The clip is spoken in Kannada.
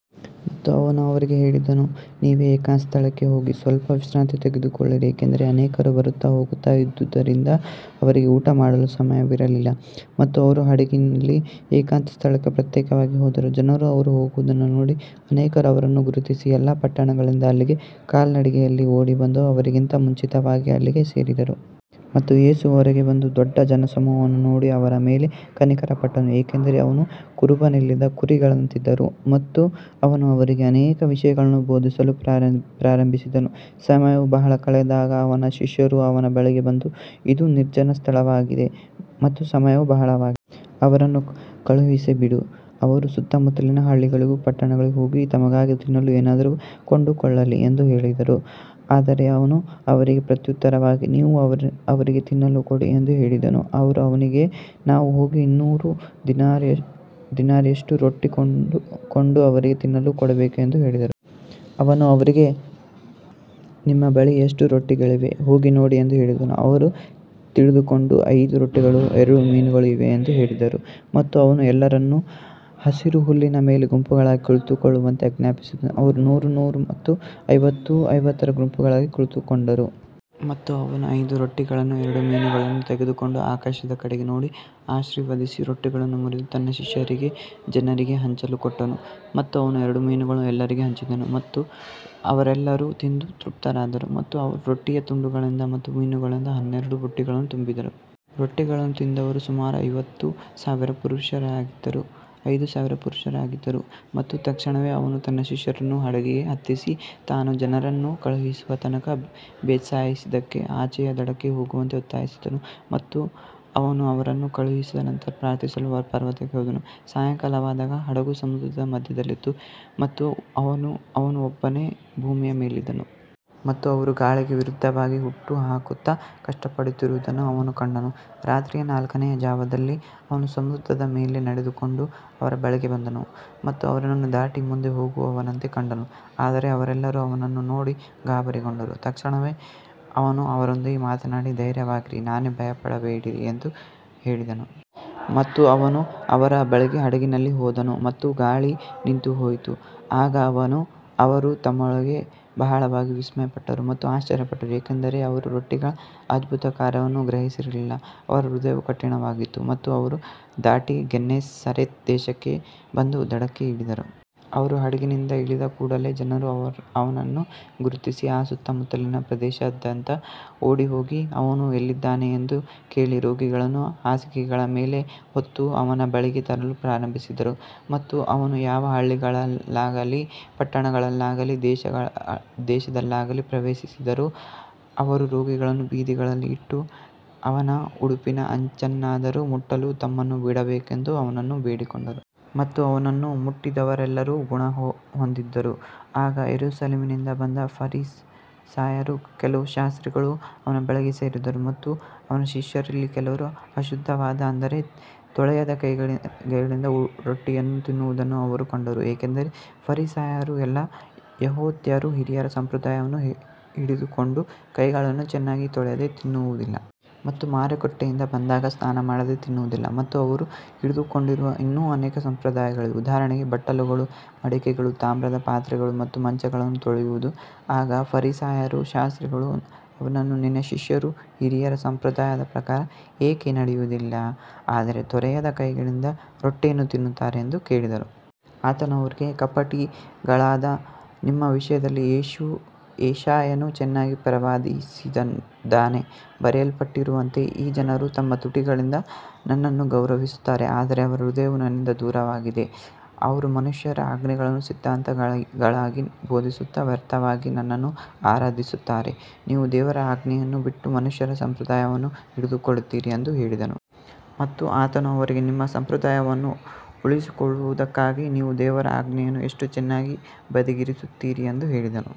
ಮತ್ತು ಅವನು ಅವರಿಗೆ ಹೇಳಿದನು, ನೀವೇ ಏಕಾಂತ ಸ್ಥಳಕ್ಕೆ ಹೋಗಿ ಸ್ವಲ್ಪ ವಿಶ್ರಾಂತಿ ತೆಗೆದುಕೊಳ್ಳಿರಿ, ಏಕೆಂದರೆ ಅನೇಕರು ಬರುತ್ತಾ ಹೋಗುತ್ತಾ ಇದ್ದುದರಿಂದ ಅವರಿಗೆ ಊಟಮಾಡಲೂ ಸಮಯವಿರಲಿಲ್ಲ. ಮತ್ತು ಅವರು ಹಡಗಿನಲ್ಲಿ ಏಕಾಂತ ಸ್ಥಳಕ್ಕೆ ಪ್ರತ್ಯೇಕವಾಗಿ ಹೋದರು. ಜನರು ಅವರು ಹೋಗುವುದನ್ನು ನೋಡಿ ಅನೇಕರು ಅವರನ್ನು ಗುರುತಿಸಿ, ಎಲ್ಲಾ ಪಟ್ಟಣಗಳಿಂದ ಅಲ್ಲಿಗೆ ಕಾಲ್ನಡಿಗೆಯಲ್ಲಿ ಓಡಿಬಂದು ಅವರಿಗಿಂತ ಮುಂಚಿತವಾಗಿ ಅಲ್ಲಿಗೆ ಸೇರಿದರು. ಮತ್ತು ಯೇಸು ಹೊರಗೆ ಬಂದು ದೊಡ್ಡ ಜನಸಮೂಹವನ್ನು ನೋಡಿ ಅವರ ಮೇಲೆ ಕನಿಕರಪಟ್ಟನು, ಏಕೆಂದರೆ ಅವರು ಕುರುಬನಿಲ್ಲದ ಕುರಿಗಳಂತಿದ್ದರು. ಮತ್ತು ಅವನು ಅವರಿಗೆ ಅನೇಕ ವಿಷಯಗಳನ್ನು ಬೋಧಿಸಲು ಪ್ರಾರಂಭಿಸಿದನು. ಸಮಯವು ಬಹಳ ಕಳೆದಾಗ ಅವನ ಶಿಷ್ಯರು ಅವನ ಬಳಿಗೆ ಬಂದು, ಇದು ನಿರ್ಜನ ಸ್ಥಳವಾಗಿದೆ ಮತ್ತು ಸಮಯವೂ ಬಹಳವಾಗಿದೆ. ಅವರನ್ನು ಕಳುಹಿಸಿಬಿಡು, ಅವರು ಸುತ್ತಮುತ್ತಲಿನ ಹಳ್ಳಿಗಳಿಗೂ ಪಟ್ಟಣಗಳಿಗೂ ಹೋಗಿ ತಮಗಾಗಿ ತಿನ್ನಲು ಏನಾದರೂ ಕೊಂಡುಕೊಳ್ಳಲಿ ಎಂದು ಹೇಳಿದರು. ಆದರೆ ಅವನು ಅವರಿಗೆ ಪ್ರತ್ಯುತ್ತರವಾಗಿ, ನೀವು ಅವರಿಗೆ ತಿನ್ನಲು ಕೊಡಿ ಎಂದು ಹೇಳಿದನು. ಅವರು ಅವನಿಗೆ, ನಾವು ಹೋಗಿ ಇನ್ನೂರು ದಿನಾರಿಯಷ್ಟು ರೊಟ್ಟಿ ಕೊಂಡು ಅವರಿಗೆ ತಿನ್ನಲು ಕೊಡಬೇಕೇ ಎಂದು ಹೇಳಿದರು. ಅವನು ಅವರಿಗೆ, ನಿಮ್ಮ ಬಳಿ ಎಷ್ಟು ರೊಟ್ಟಿಗಳಿವೆ, ಹೋಗಿ ನೋಡಿ ಎಂದು ಹೇಳಿದನು. ಅವರು ತಿಳಿದುಕೊಂಡು, ಐದು ರೊಟ್ಟಿಗಳೂ ಎರಡು ಮೀನುಗಳೂ ಇವೆ ಎಂದು ಹೇಳಿದರು. ಮತ್ತು ಅವನು ಎಲ್ಲರನ್ನೂ ಹಸಿರು ಹುಲ್ಲಿನ ಮೇಲೆ ಗುಂಪುಗಳಾಗಿ ಕುಳಿತುಕೊಳ್ಳುವಂತೆ ಆಜ್ಞಾಪಿಸಿದನು. ಅವರು ನೂರು ನೂರು ಮತ್ತು ಐವತ್ತು ಐವತ್ತರ ಗುಂಪುಗಳಾಗಿ ಕುಳಿತುಕೊಂಡರು. ಮತ್ತು ಅವನು ಐದು ರೊಟ್ಟಿಗಳನ್ನೂ ಎರಡು ಮೀನುಗಳನ್ನೂ ತೆಗೆದುಕೊಂಡು ಆಕಾಶದ ಕಡೆಗೆ ನೋಡಿ ಆಶೀರ್ವದಿಸಿ ರೊಟ್ಟಿಗಳನ್ನು ಮುರಿದು ತನ್ನ ಶಿಷ್ಯರಿಗೆ ಜನರಿಗೆ ಹಂಚಲು ಕೊಟ್ಟನು. ಮತ್ತು ಎರಡು ಮೀನುಗಳನ್ನೂ ಎಲ್ಲರಿಗೂ ಹಂಚಿದನು. ಮತ್ತು ಅವರೆಲ್ಲರೂ ತಿಂದು ತೃಪ್ತರಾದರು. ಮತ್ತು ಅವರು ರೊಟ್ಟಿಯ ತುಂಡುಗಳಿಂದ ಮತ್ತು ಮೀನುಗಳಿಂದ ಹನ್ನೆರಡು ಬುಟ್ಟಿಗಳನ್ನು ತುಂಬಿದರು. ರೊಟ್ಟಿಗಳನ್ನು ತಿಂದವರು ಸುಮಾರು ಐದು ಸಾವಿರ ಪುರುಷರಾಗಿದ್ದರು. ಮತ್ತು ತಕ್ಷಣವೇ ಅವನು ತನ್ನ ಶಿಷ್ಯರನ್ನು ಹಡಗಿಗೆ ಹತ್ತಿಸಿ, ತಾನು ಜನರನ್ನು ಕಳುಹಿಸುವ ತನಕ ಬೇತ್ಸಾಯಿದಾಕ್ಕೆ ಆಚೆಯ ದಡಕ್ಕೆ ಹೋಗುವಂತೆ ಒತ್ತಾಯಿಸಿದನು. ಮತ್ತು ಅವನು ಅವರನ್ನು ಕಳುಹಿಸಿದ ನಂತರ ಪ್ರಾರ್ಥಿಸಲು ಪರ್ವತಕ್ಕೆ ಹೋದನು. ಸಾಯಂಕಾಲವಾದಾಗ ಹಡಗು ಸಮುದ್ರದ ಮಧ್ಯದಲ್ಲಿತ್ತು ಮತ್ತು ಅವನು ಒಬ್ಬನೇ ಭೂಮಿಯ ಮೇಲಿದ್ದನು. ಮತ್ತು ಅವರು ಗಾಳಿಗೆ ವಿರುದ್ಧವಾಗಿ ಹುಟ್ಟುಹಾಕುತ್ತಾ ಕಷ್ಟಪಡುತ್ತಿರುವುದನ್ನು ಅವನು ಕಂಡನು. ರಾತ್ರಿಯ ನಾಲ್ಕನೆಯ ಜಾವದಲ್ಲಿ ಅವನು ಸಮುದ್ರದ ಮೇಲೆ ನಡೆದುಕೊಂಡು ಅವರ ಬಳಿಗೆ ಬಂದನು ಮತ್ತು ಅವರನ್ನು ದಾಟಿ ಮುಂದೆ ಹೋಗುವವನಂತೆ ಕಂಡನು. ಆದರೆ ಅವರೆಲ್ಲರೂ ಅವನನ್ನು ನೋಡಿ ಗಾಬರಿಗೊಂಡರು. ತಕ್ಷಣವೇ ಅವನು ಅವರೊಂದಿಗೆ ಮಾತನಾಡಿ, ಧೈರ್ಯವಾಗಿರಿ, ನಾನೇ, ಭಯಪಡಬೇಡಿರಿ ಎಂದು ಹೇಳಿದನು. ಮತ್ತು ಅವನು ಅವರ ಬಳಿಗೆ ಹಡಗಿನಲ್ಲಿ ಹೋದನು ಮತ್ತು ಗಾಳಿ ನಿಂತುಹೋಯಿತು. ಆಗ ಅವರು ತಮ್ಮೊಳಗೆ ಬಹಳವಾಗಿ ವಿಸ್ಮಯಪಟ್ಟರು ಮತ್ತು ಆಶ್ಚರ್ಯಪಟ್ಟರು. ಏಕೆಂದರೆ ಅವರು ರೊಟ್ಟಿಗಳ ಅದ್ಭುತ ಕಾರ್ಯವನ್ನು ಗ್ರಹಿಸಿರಲಿಲ್ಲ, ಅವರ ಹೃದಯವು ಕಠಿಣವಾಗಿತ್ತು. ಮತ್ತು ಅವರು ದಾಟಿ ಗೆನ್ನೆಸರೆತ್ ದೇಶಕ್ಕೆ ಬಂದು ದಡಕ್ಕೆ ಇಳಿದರು. ಅವರು ಹಡಗಿನಿಂದ ಇಳಿದ ಕೂಡಲೆ ಜನರು ಅವನನ್ನು ಗುರುತಿಸಿ ಆ ಸುತ್ತಮುತ್ತಲಿನ ಪ್ರದೇಶದಾದ್ಯಂತ ಓಡಿಹೋಗಿ, ಅವನು ಎಲ್ಲಿದ್ದಾನೆ ಎಂದು ಕೇಳಿ, ರೋಗಿಗಳನ್ನು ಹಾಸಿಗೆಗಳ ಮೇಲೆ ಹೊತ್ತು ಅವನ ಬಳಿಗೆ ತರಲು ಪ್ರಾರಂಭಿಸಿದರು. ಮತ್ತು ಅವನು ಯಾವ ಹಳ್ಳಿಗಳಲ್ಲಾಗಲಿ ಪಟ್ಟಣಗಳಲ್ಲಾಗಲಿ ದೇಶದಲ್ಲಾಗಲಿ ಪ್ರವೇಶಿಸಿದರೂ, ಅವರು ರೋಗಿಗಳನ್ನು ಬೀದಿಗಳಲ್ಲಿ ಇಟ್ಟು, ಅವನ ಉಡುಪಿನ ಅಂಚನ್ನಾದರೂ ಮುಟ್ಟಲು ತಮ್ಮನ್ನು ಬಿಡಬೇಕೆಂದು ಅವನನ್ನು ಬೇಡಿಕೊಂಡರು. ಮತ್ತು ಅವನನ್ನು ಮುಟ್ಟಿದವರೆಲ್ಲರೂ ಗುಣಹೊಂದಿದರು. ಆಗ ಯೆರೂಸಲೇಮಿನಿಂದ ಬಂದ ಫರಿಸಾಯರೂ ಕೆಲವು ಶಾಸ್ತ್ರಿಗಳೂ ಅವನ ಬಳಿಗೆ ಸೇರಿದರು. ಮತ್ತು ಅವನ ಶಿಷ್ಯರಲ್ಲಿ ಕೆಲವರು ಅಶುದ್ಧವಾದ, ಅಂದರೆ ತೊಳೆಯದ ಕೈಗಳಿಂದ ರೊಟ್ಟಿಯನ್ನು ತಿನ್ನುವುದನ್ನು ಅವರು ಕಂಡರು. ಏಕೆಂದರೆ ಫರಿಸಾಯರೂ ಎಲ್ಲಾ ಯೆಹೂದ್ಯರೂ ಹಿರಿಯರ ಸಂಪ್ರದಾಯವನ್ನು ಹಿಡಿದುಕೊಂಡು, ಕೈಗಳನ್ನು ಚೆನ್ನಾಗಿ ತೊಳೆಯದೆ ತಿನ್ನುವುದಿಲ್ಲ. ಮತ್ತು ಮಾರುಕಟ್ಟೆಯಿಂದ ಬಂದಾಗ ಸ್ನಾನಮಾಡದೆ ತಿನ್ನುವುದಿಲ್ಲ. ಮತ್ತು ಅವರು ಹಿಡಿದುಕೊಂಡಿರುವ ಇನ್ನೂ ಅನೇಕ ಸಂಪ್ರದಾಯಗಳಿವೆ, ಉದಾಹರಣೆಗೆ ಬಟ್ಟಲುಗಳು, ಮಡಕೆಗಳು, ತಾಮ್ರದ ಪಾತ್ರೆಗಳು ಮತ್ತು ಮಂಚಗಳನ್ನು ತೊಳೆಯುವುದು. ಆಗ ಫರಿಸಾಯರೂ ಶಾಸ್ತ್ರಿಗಳೂ ಅವನನ್ನು, ನಿನ್ನ ಶಿಷ್ಯರು ಹಿರಿಯರ ಸಂಪ್ರದಾಯದ ಪ್ರಕಾರ ಏಕೆ ನಡೆಯುವುದಿಲ್ಲ, ಆದರೆ ತೊಳೆಯದ ಕೈಗಳಿಂದ ರೊಟ್ಟಿಯನ್ನು ತಿನ್ನುತ್ತಾರೆ ಎಂದು ಕೇಳಿದರು. ಆತನು ಅವರಿಗೆ, ಕಪಟಿಗಳಾದ ನಿಮ್ಮ ವಿಷಯದಲ್ಲಿ ಯೆಶಾಯನು ಚೆನ್ನಾಗಿ ಪ್ರವಾದಿಸಿದ್ದಾನೆ. ಬರೆಯಲ್ಪಟ್ಟಿರುವಂತೆ, ಈ ಜನರು ತಮ್ಮ ತುಟಿಗಳಿಂದ ನನ್ನನ್ನು ಗೌರವಿಸುತ್ತಾರೆ, ಆದರೆ ಅವರ ಹೃದಯವು ನನ್ನಿಂದ ದೂರವಾಗಿದೆ. ಅವರು ಮನುಷ್ಯರ ಆಜ್ಞೆಗಳನ್ನು ಸಿದ್ಧಾಂತಗಳಾಗಿ ಬೋಧಿಸುತ್ತಾ ವ್ಯರ್ಥವಾಗಿ ನನ್ನನ್ನು ಆರಾಧಿಸುತ್ತಾರೆ. ನೀವು ದೇವರ ಆಜ್ಞೆಯನ್ನು ಬಿಟ್ಟು ಮನುಷ್ಯರ ಸಂಪ್ರದಾಯವನ್ನು ಹಿಡಿದುಕೊಳ್ಳುತ್ತೀರಿ ಎಂದು ಹೇಳಿದನು. ಮತ್ತು ಆತನು ಅವರಿಗೆ, ನಿಮ್ಮ ಸಂಪ್ರದಾಯವನ್ನು ಉಳಿಸಿಕೊಳ್ಳುವುದಕ್ಕಾಗಿ ನೀವು ದೇವರ ಆಜ್ಞೆಯನ್ನು ಎಷ್ಟು ಚೆನ್ನಾಗಿ ಬದಿಗಿರಿಸುತ್ತೀರಿ ಎಂದು ಹೇಳಿದನು.